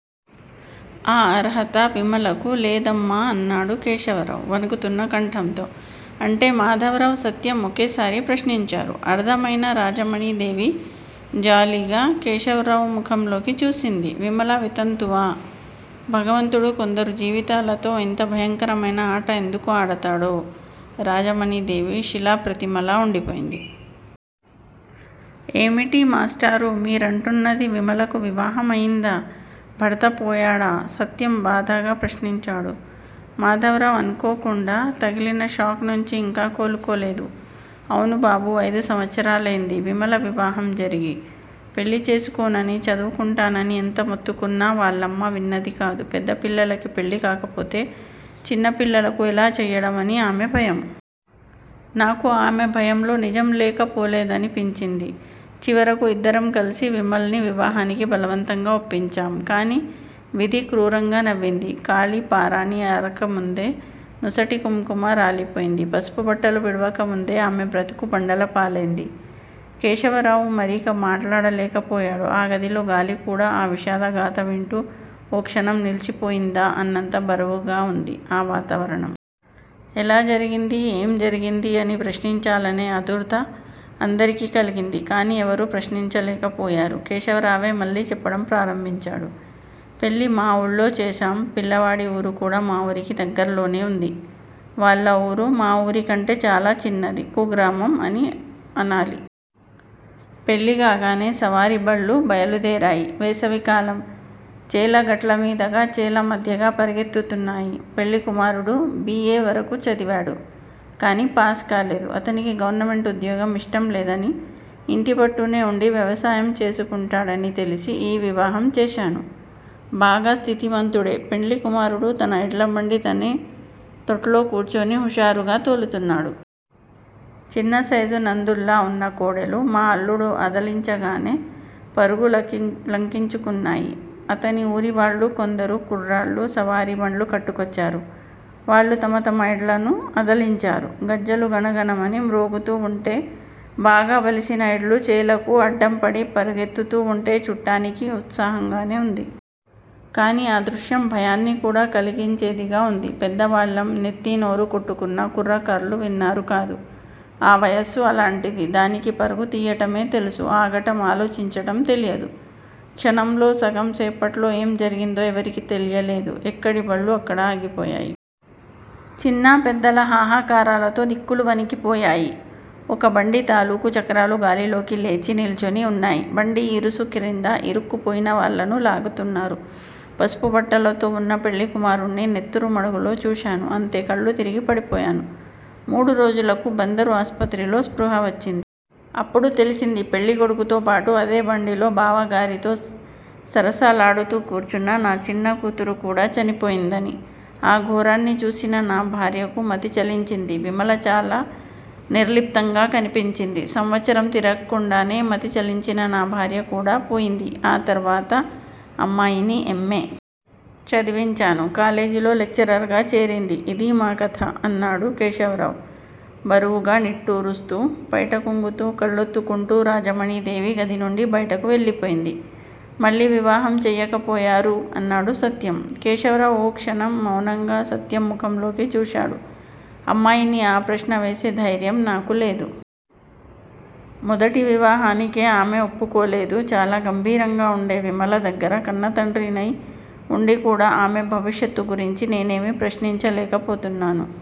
ఆ అర్హత విమలకు లేదమ్మా! అన్నాడు కేశవరావు వణుకుతున్న కంఠంతో. అంటే? మాధవరావు, సత్యం ఒకేసారి ప్రశ్నించారు. అర్ధం అయిన రాజమణీదేవి జాలిగా కేశవరావు ముఖంలోకి చూసింది. 'విమల వితంతువా? భగవంతుడు కొందరు జీవితాలతో ఇంత భయంకరమైన ఆట ఎందుకు ఆడతాడో? ' రాజమణీదేవి శిలాప్రతిమలా ఉండిపోయింది. ఏమిటి మాష్టారూ మీరంటున్నది? విమలకు వివాహం అయిందా? భర్తపోయాడా? సత్యం బాధగా ప్రశ్నించాడు. మాధవరావు అనుకోకుండా తగిలిన షాక్ నుంచి ఇంకా కోలుకోలేదు. అవును బాబూ! ఐదు సంవత్సరాలయింది విమల వివాహం జరిగి! పెళ్ళి చేసుకోననీ, చదువుకుంటాననీ ఎంత మొత్తుకున్నా, వాళ్ళమ్మ విన్నదికాదు. పెద్దపిల్లకి పెళ్ళికాకపోతే చిన్నపిల్లకు ఎలా చెయ్యడం అని ఆమె భయం. నాకు ఆమె భయంలో నిజం లేకపోలేదని పించింది. చివరకు ఇద్దరం కలిసి విమల్ని వివాహానికి బలవంతంగా ఒప్పించాం. కాని విధి క్రూరంగా నవ్వింది. కాళి పారాణి అరకముందే నొసటి కుంకుమ రాలిపోయింది. పసుపుబట్టలు విడవకముందే ఆమె బ్రతుకు బండలపాలైంది! కేశవరావు మరిక మాట్లాడలేకపోయాడు. ఆ గదిలో గాలికూడా ఆ విషాద గాథ వింటూ ఓ క్షణం నిలిచిపోయిందా అన్నంత బరువుగావుంది ఆ వాతావరణం! ఎలా జరిగిందీ? ఏం జరిగిందీ? అని ప్రశ్నించాలనే ఆదుర్దా అందరికీ కలిగింది. కాని ఎవరూ ప్రశ్నించలేకపోయారు. కేశవరావే మళ్ళీ చెప్పడం ప్రారంభించాడు పెళ్ళి మా ఊళ్లో చేశాం. పిల్లవాడి ఊరుకూడా మా ఊరికి దగ్గర్లోనే ఉంది. వాళ్ళ ఊరు మా ఊరికంటెకూడా చాలా చిన్నది. కుగ్రామం అనాలి. పెళ్ళికాగానే సవారిబళ్ళు బయలుదేరాయి. వేసవికాలం. చేల గట్లమీదగా, చేలమధ్యగా పరుగెత్తుతున్నాయి. పెళ్ళికుమారుడు. బి. ఏ. వరకు చదివాడు, కాని పాస్ కాలేదు. అతనికి గవర్నమెంటు ఉద్యోగం ఇష్టంలేదనీ, ఇంటిపట్టునే ఉండి వ్యవసాయం చేసుకుంటాడనీ తెలిసి ఈ వివాహం చేశాను. బాగా స్థితిమంతుడే! పెండ్లికుమారుడు తన ఎడ్లబండి తనే తొట్లో కూర్చుని హుషారుగా తోలుతున్నాడు. చిన్నసైజు నందుల్లా ఉన్న కోడెలు మా అల్లుడు అదిలించగానే పరుగు లంకించుకున్నాయి. అతని ఊరివాళ్ళు కొందరు కుర్రాళ్ళు సవారిబండ్లు కట్టుకొచ్చారు. వాళ్ళు తమ తమ ఎడ్లను అదిలించారు. గజ్జలు గణగణమని మ్రోగుతూ వుంటే, బాగా బలిసిన ఎడ్లు చేలకు అడ్డంపడి పరుగెత్తుతూవుంటే చుట్టానికి ఉత్సాహంగానే ఉంది. కాని ఆ దృశ్యం భయాన్ని కూడా కలిగించేదిగా ఉంది. పెద్దవాళ్ళం నెత్తీ, నోరు కొట్టుకున్నా కుర్రకార్లు విన్నారుకాదు. ఆ వయస్సు అలాంటిది. దానికి పరుగు తీయటమే తెలుసు. ఆగటం, ఆలోచించడం తెలియదు. క్షణంలో సగం సేపట్లో ఏం జరిగిందో ఎవరికీ తెలియలేదు. ఎక్కడిబళ్ళు అక్కడ ఆగిపోయాయి. చిన్నా పెద్దల హాహాకారాలతో దిక్కులు వణికిపోయాయి. ఒక బండి తాలూకు చక్రాలు గాలిలోకి లేచి నిల్చొని ఉన్నాయి. బండి ఇరుసుక్రింద ఇరుక్కుపోయినవాళ్ళను లాగుతున్నారు. పసుపు బట్టలతోవున్న పెళ్ళికుమారుణ్ణి నెత్తురు మడుగులో చూశాను. అంతే. కళ్ళు తిరిగి పడిపోయాను. మూడు రోజులకు బందరు ఆసుపత్రిలో స్పృహ వచ్చింది. అప్పుడు తెలిసింది, పెళ్ళికొడుకుతోపాటు అదేబండిలో బావగారితో సరసాలాడుతూ కూర్చున్న నా చిన్నకూతురుకూడా చనిపోయిందని! ఆ ఘోరాన్ని చూసిన నా భార్యకు మతి చలించింది. విమల చాలా నిర్లిప్తంగా కనిపించింది. సంవత్సరం తిరక్కుండానే మతి చలించిన నా భార్యకూడా పోయింది. ఆ తరువాతే అమ్మాయిని ఎం. ఏ. చదివించాను. కాలేజిలో లెక్చరర్ గా చేరింది. ఇదీ మా కథ! అన్నాడు కేశవరావు బరువుగా నిట్టూరుస్తూ. పైట కొంగుతో కళ్ళొత్తుకుంటూ రాజమణీదేవి గదినుండి బయటకు వెళ్ళిపోయింది. మళ్ళీ వివాహం చేయకపోయారూ? అన్నాడు సత్యం. కేశవరావు ఓ క్షణం మౌనంగా సత్యం ముఖంలోకి చూశాడు. అమ్మాయిని ఆ ప్రశ్న వేసే ధైర్యం నాకు లేదు. మొదటి వివాహానికే ఆమె ఒప్పుకోలేదు. చాలా గంభీరంగా ఉండే విమల దగ్గర కన్నతండ్రినై ఉండికూడా ఆమె భవిష్యత్తుగురించి నేనేమీ ప్రశ్నించలేకపోతున్నాను